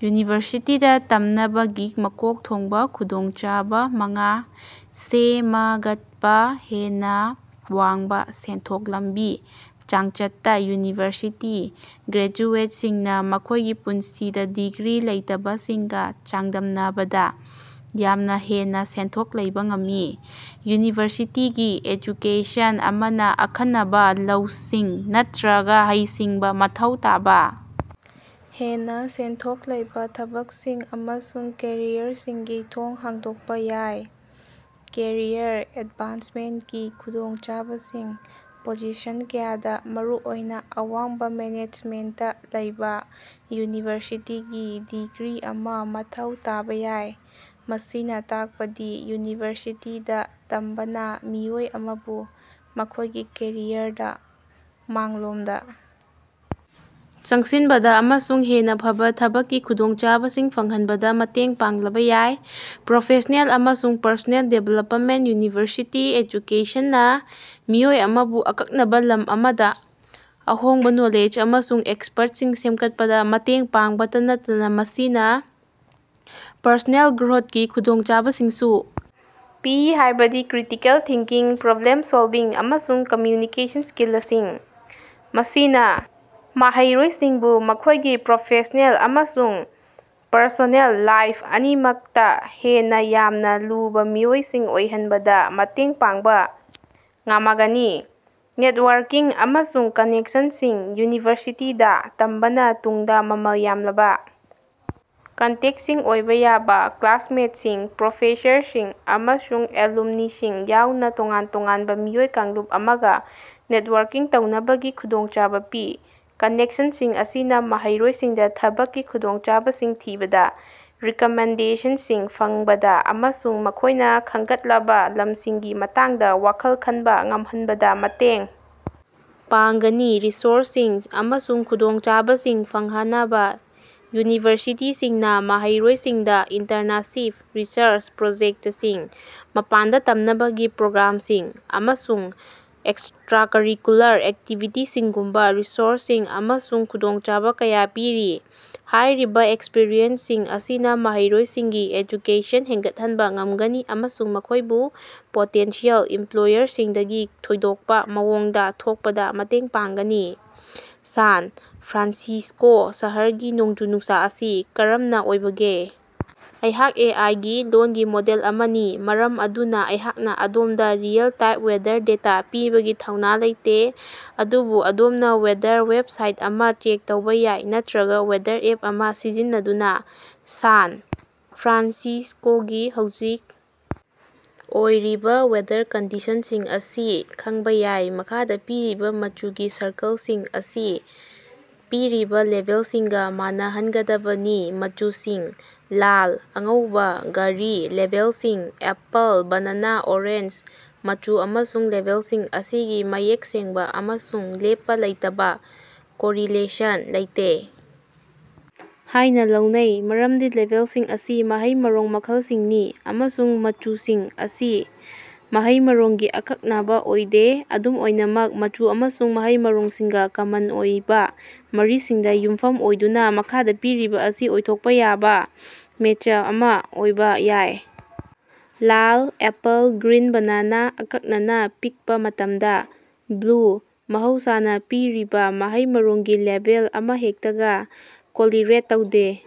ꯌꯨꯅꯤꯚꯔꯁꯤꯇꯤꯗ ꯇꯝꯅꯕꯒꯤ ꯃꯀꯣꯛ ꯊꯣꯡꯕ ꯈꯨꯗꯣꯡꯆꯥꯕ ꯃꯉꯥ ꯁꯦꯃꯒꯠꯄ꯫ ꯍꯦꯟꯅ ꯋꯥꯡꯕ ꯁꯦꯟꯊꯣꯛ ꯂꯝꯕꯤ ꯆꯥꯡꯆꯠꯇ ꯌꯨꯅꯤꯚꯔꯁꯤꯇꯤ ꯒ꯭ꯔꯦꯖꯨꯑꯦꯠꯁꯤꯡꯅ ꯃꯈꯣꯏꯒꯤ ꯄꯨꯟꯁꯤꯗ ꯗꯤꯒ꯭ꯔꯤ ꯂꯩꯇꯕꯁꯤꯡꯒ ꯆꯥꯡꯗꯝꯅꯕꯗ ꯌꯥꯝꯅ ꯍꯦꯟꯅ ꯁꯦꯟꯊꯣꯛ ꯂꯩꯕ ꯉꯝꯃꯤ꯫ ꯌꯨꯅꯤꯚꯔꯁꯤꯇꯤꯒꯤ ꯑꯦꯖꯨꯀꯦꯁꯟ ꯑꯃꯅ ꯑꯈꯟꯅꯕ ꯂꯧꯁꯤꯡ ꯅꯠꯇꯔꯒ ꯍꯩꯁꯤꯡꯕ ꯃꯊꯧ ꯇꯥꯕ ꯍꯦꯟꯅ ꯁꯦꯟꯊꯣꯛ ꯂꯩꯕ ꯊꯕꯛꯁꯤꯡ ꯑꯃꯁꯨꯡ ꯀꯦꯔꯤꯌꯔꯁꯤꯡꯒꯤ ꯊꯣꯡ ꯍꯥꯡꯗꯣꯛꯄ ꯌꯥꯏ꯫ ꯀꯦꯔꯤꯌꯔ ꯑꯦꯗꯚꯥꯟꯁꯃꯦꯟꯠꯀꯤ ꯈꯨꯗꯣꯡꯆꯥꯕꯁꯤꯡ: ꯄꯣꯖꯤꯁꯟ ꯀꯌꯥꯗ, ꯃꯔꯨꯑꯣꯏꯅ ꯑꯋꯥꯡꯕ ꯃꯦꯅꯦꯖꯃꯦꯟꯇꯇ ꯂꯩꯕ, ꯌꯨꯅꯤꯚꯔꯁꯤꯇꯤꯒꯤ ꯗꯤꯒ꯭ꯔꯤ ꯑꯃ ꯃꯊꯧ ꯇꯥꯕ ꯌꯥꯏ꯫ ꯃꯁꯤꯅ ꯇꯥꯛꯄꯗꯤ ꯌꯨꯅꯤꯚꯔꯁꯤꯇꯤꯗ ꯇꯝꯕꯅ ꯃꯤꯑꯣꯏ ꯑꯃꯕꯨ ꯃꯈꯣꯏꯒꯤ ꯀꯦꯔꯤꯌꯔꯗ ꯃꯥꯡꯂꯣꯝꯗ ꯆꯪꯁꯤꯟꯕꯗ ꯑꯃꯁꯨꯡ ꯍꯦꯟꯅ ꯐꯕ ꯊꯕꯛꯀꯤ ꯈꯨꯗꯣꯡꯆꯥꯕꯁꯤꯡ ꯐꯪꯍꯟꯕꯗ ꯃꯇꯦꯡ ꯄꯥꯡꯂꯕ ꯌꯥꯏ꯫ ꯄ꯭ꯔꯣꯐꯦꯁ꯭ꯅꯦꯜ ꯑꯃꯁꯨꯡ ꯄꯔꯁꯣꯅꯦꯜ ꯗꯤꯚꯦꯂꯄꯃꯦꯟꯠ: ꯌꯨꯅꯤꯚꯔꯁꯤꯇꯤ ꯑꯦꯖꯨꯀꯦꯁꯟꯅ ꯃꯤꯑꯣꯏ ꯑꯃꯕꯨ ꯑꯀꯛꯅꯕ ꯂꯝ ꯑꯃꯗ ꯑꯍꯣꯡꯕ ꯅꯣꯂꯦꯖ ꯑꯃꯁꯨꯡ ꯑꯦꯛꯁꯄ꯭ꯔꯠꯁꯤꯡ ꯁꯦꯝꯒꯠꯄꯗ ꯃꯇꯦꯡ ꯄꯥꯡꯕꯇ ꯅꯠꯇꯅ, ꯃꯁꯤꯅ ꯄꯔꯁꯣꯅꯦꯜ ꯒ꯭ꯔꯣꯊꯀꯤ ꯈꯨꯗꯣꯡꯆꯥꯕꯁꯤꯡꯁꯨ ꯄꯤ, ꯍꯥꯏꯕꯗꯤ ꯀ꯭ꯔꯤꯇꯤꯀꯦꯜ ꯊꯤꯡꯀꯤꯡ, ꯄ꯭ꯔꯣꯕ꯭ꯂꯦꯝ ꯁꯣꯜꯚꯤꯡ, ꯑꯃꯁꯨꯡ ꯀꯝꯃ꯭ꯌꯨꯅꯤꯀꯦꯁꯟ ꯁ꯭ꯀꯤꯂꯁꯤꯡ꯫ ꯃꯁꯤꯅ ꯃꯍꯩꯔꯣꯏꯁꯤꯡꯕꯨ ꯃꯈꯣꯏꯒꯤ ꯄ꯭ꯔꯣꯐꯦꯁ꯭ꯅꯦꯜ ꯑꯃꯁꯨꯡ ꯄꯔꯁꯣꯅꯦꯜ ꯂꯥꯏꯐ ꯑꯅꯤꯃꯛꯇ ꯍꯦꯟꯅ ꯌꯥꯝꯅ ꯂꯨꯕ ꯃꯤꯑꯣꯏꯁꯤꯡ ꯑꯣꯏꯍꯟꯕꯗ ꯃꯇꯦꯡ ꯄꯥꯡꯕ ꯉꯃꯒꯅꯤ꯫ ꯅꯦꯠꯋꯥꯔꯀꯤꯡ ꯑꯃꯁꯨꯡ ꯀꯅꯦꯛꯁꯟꯁꯤꯡ: ꯌꯨꯅꯤꯚꯔꯁꯤꯇꯤꯗ ꯇꯝꯕꯅ ꯇꯨꯡꯗ ꯃꯃꯜ ꯌꯥꯝꯂꯕ ꯀꯟꯇꯦꯛꯁꯤꯡ ꯑꯣꯏꯕ ꯌꯥꯕ ꯀ꯭ꯂꯥꯁꯃꯦꯠꯁꯤꯡ, ꯄ꯭ꯔꯣꯐꯦꯁꯔꯁꯤꯡ, ꯑꯃꯁꯨꯡ ꯑꯦꯂꯨꯝꯅꯤꯁꯤꯡ ꯌꯥꯎꯅ ꯇꯣꯉꯥꯟ-ꯇꯣꯉꯥꯟꯕ ꯃꯤꯑꯣꯏ ꯀꯥꯡꯂꯨꯞ ꯑꯃꯒ ꯅꯦꯠꯋꯥꯔꯀꯤꯡ ꯇꯧꯅꯕꯒꯤ ꯈꯨꯗꯣꯡꯆꯥꯕ ꯄꯤ꯫ ꯀꯅꯦꯛꯁꯟꯁꯤꯡ ꯑꯁꯤꯅ ꯃꯍꯩꯔꯣꯏꯁꯤꯡꯗꯥ ꯊꯕꯛꯀꯤ ꯈꯨꯗꯣꯡꯆꯥꯕꯁꯤꯡ ꯊꯤꯕꯗ, ꯔꯤꯀꯃꯦꯟꯗꯦꯁꯟꯁꯤꯡ ꯐꯪꯕꯗ ꯑꯃꯁꯨꯡ ꯃꯈꯣꯏꯅ ꯈꯪꯒꯠꯂꯕ ꯂꯝꯁꯤꯡꯒꯤ ꯃꯇꯥꯡꯗ ꯋꯥꯈꯜ ꯈꯟꯕ ꯉꯝꯍꯟꯕꯗ ꯃꯇꯦꯡ ꯄꯥꯡꯒꯅꯤ꯫ ꯔꯤꯁꯣꯔ꯭ꯁꯁꯤꯡ ꯑꯃꯁꯨꯡ ꯈꯨꯗꯣꯡꯆꯥꯕꯁꯤꯡ ꯐꯪꯍꯅꯕ ꯌꯨꯅꯤꯚꯔꯁꯤꯇꯤꯁꯤꯡꯅ ꯃꯍꯩꯔꯣꯏꯁꯤꯡꯗ ꯏꯟꯇꯔꯅꯁꯤꯞ, ꯔꯤꯁꯔꯆ ꯄ꯭ꯔꯣꯖꯦꯛꯇꯁꯤꯡ, ꯃꯄꯥꯟꯗ ꯇꯝꯅꯕꯒꯤ ꯄ꯭ꯔꯣꯒ꯭ꯔꯥꯝꯁꯤꯡ, ꯑꯃꯁꯨꯡ ꯑꯦꯛꯁꯇ꯭ꯔꯥꯀꯔꯤꯀꯨꯂꯔ ꯑꯦꯛꯇꯤꯕꯤꯇꯤꯁꯤꯡꯒꯨꯝꯕ ꯔꯤꯁꯣꯔ꯭ꯁꯁꯤꯡ ꯑꯃꯁꯨꯡ ꯈꯨꯗꯣꯡꯆꯥꯕ ꯀꯌꯥ ꯄꯤꯔꯤ꯫ ꯍꯥꯏꯔꯤꯕ ꯑꯦꯛꯁꯄꯔꯤꯌꯦꯟꯁꯁꯤꯡ ꯑꯁꯤꯅ ꯃꯍꯩꯔꯣꯏꯁꯤꯡꯒꯤ ꯑꯦꯖꯨꯀꯦꯁꯟ ꯍꯦꯡꯒꯠꯍꯟꯕ ꯉꯝꯒꯅꯤ ꯑꯃꯁꯨꯡ ꯃꯈꯣꯏꯕꯨ ꯄꯣꯇꯦꯟꯁꯤꯌꯦꯜ ꯏꯝꯄ꯭ꯂꯣꯌꯔꯁꯤꯡꯗꯒꯤ ꯊꯣꯏꯗꯣꯛꯄ ꯃꯑꯣꯡꯗ ꯊꯣꯛꯄꯗ ꯃꯇꯦꯡ ꯄꯥꯡꯒꯅꯤ꯫ ꯁꯥꯟ ꯐ꯭ꯔꯥꯟꯁꯤꯁ꯭ꯀꯣ ꯁꯍꯔꯒꯤ ꯅꯣꯡꯖꯨ-ꯅꯨꯡꯁꯥ ꯑꯁꯤ ꯀꯔꯝꯅ ꯑꯣꯏꯕꯒꯦ? ꯑꯩꯍꯥꯛ ꯑꯦ. ꯑꯥꯏ. ꯒꯤ ꯂꯣꯜꯒꯤ ꯃꯣꯗꯦꯜ ꯑꯃꯅꯤ, ꯃꯔꯝ ꯑꯗꯨꯅ ꯑꯩꯍꯥꯛꯅ ꯑꯗꯣꯝꯗ ꯔꯤꯑꯦꯜ-ꯇꯥꯏꯝ ꯋꯦꯗꯔ ꯗꯦꯇꯥ ꯄꯤꯕꯒꯤ ꯊꯧꯅꯥ ꯂꯩꯇꯦ, ꯑꯗꯨꯕꯨ ꯑꯗꯣꯝꯅ ꯋꯦꯗꯔ ꯋꯦꯕꯁꯥꯏꯠ ꯑꯃ ꯆꯦꯛ ꯇꯧꯕ ꯌꯥꯏ ꯅꯠꯇꯔꯒ ꯋꯦꯗꯔ ꯑꯦꯞ ꯑꯃ ꯁꯤꯖꯤꯟꯅꯗꯨꯅ ꯁꯥꯟ ꯐ꯭ꯔꯥꯟꯁꯤꯁ꯭ꯀꯣꯒꯤ ꯍꯧꯖꯤꯛ ꯑꯣꯏꯔꯤꯕ ꯋꯦꯗꯔ ꯀꯟꯗꯤꯁꯟꯁꯤꯡ ꯑꯁꯤ ꯈꯪꯕ ꯌꯥꯏ꯫ ꯃꯈꯥꯗꯥ ꯄꯤꯔꯤꯕ ꯃꯆꯨꯒꯤ ꯁꯔꯀꯜꯁꯤꯡ ꯑꯁꯤ ꯄꯤꯔꯤꯕ ꯂꯦꯕꯦꯜꯁꯤꯡꯒ ꯃꯥꯟꯅꯍꯟꯒꯗꯕꯅꯤ꯫ ꯃꯆꯨꯁꯤꯡ: ꯂꯥꯜ, ꯑꯉꯧꯕꯥ, ꯒꯔꯤ, ꯂꯦꯕꯦꯜꯁꯤꯡ: ꯑꯦꯄꯜ, ꯕꯅꯥꯅꯥ, ꯑꯣꯔꯦꯟꯖ꯫ ꯃꯆꯨ ꯑꯃꯁꯨꯡ ꯂꯦꯕꯦꯜꯁꯤꯡ ꯑꯁꯤꯒꯤ ꯃꯌꯦꯛ ꯁꯦꯡꯕ ꯑꯃꯁꯨꯡ ꯂꯦꯞꯄ ꯂꯩꯇꯕ ꯀꯣꯔꯤꯂꯦꯁꯟ ꯂꯩꯇꯦ ꯍꯥꯏꯅ ꯂꯧꯅꯩ, ꯃꯔꯝꯗꯤ ꯂꯦꯕꯦꯜꯁꯤꯡ ꯑꯁꯤ ꯃꯍꯩ ꯃꯔꯣꯡ ꯃꯈꯜꯁꯤꯡꯅꯤ ꯑꯃꯁꯨꯡ ꯃꯆꯨꯁꯤꯡ ꯑꯁꯤ ꯃꯍꯩ-ꯃꯔꯣꯡꯒꯤ ꯑꯀꯛꯅꯕ ꯑꯣꯏꯗꯦ꯫ ꯑꯗꯨꯝ ꯑꯣꯏꯅꯃꯛ, ꯃꯆꯨ ꯑꯃꯁꯨꯡ ꯃꯍꯩ-ꯃꯔꯣꯡꯁꯤꯡꯒ ꯀꯃꯟ ꯑꯣꯏꯕ ꯃꯔꯤꯁꯤꯡꯗ ꯌꯨꯝꯐꯝ ꯑꯣꯏꯗꯨꯅ, ꯃꯈꯥꯗ ꯄꯤꯔꯤꯕ ꯑꯁꯤ ꯑꯣꯏꯊꯣꯛꯄ ꯌꯥꯕ ꯃꯦꯆ ꯑꯃ ꯑꯣꯏꯕꯥ ꯌꯥꯏ: ꯂꯥꯜ:ꯑꯦꯄꯜ ꯒ꯭ꯔꯤꯟ :ꯕꯅꯥꯅꯥ (ꯑꯀꯛꯅꯅꯥ ꯄꯤꯛꯄ ꯃꯇꯝꯗ) ꯕ꯭ꯂꯨ: ꯃꯍꯧꯁꯥꯅꯥ ꯄꯤꯔꯤꯕꯥ ꯃꯍꯩ-ꯃꯔꯣꯡꯒꯤ ꯂꯦꯕꯦꯜ ꯑꯃꯍꯦꯛꯇꯒꯥ ꯀꯣꯔꯤꯂꯦꯠ ꯇꯧꯗꯦ꯫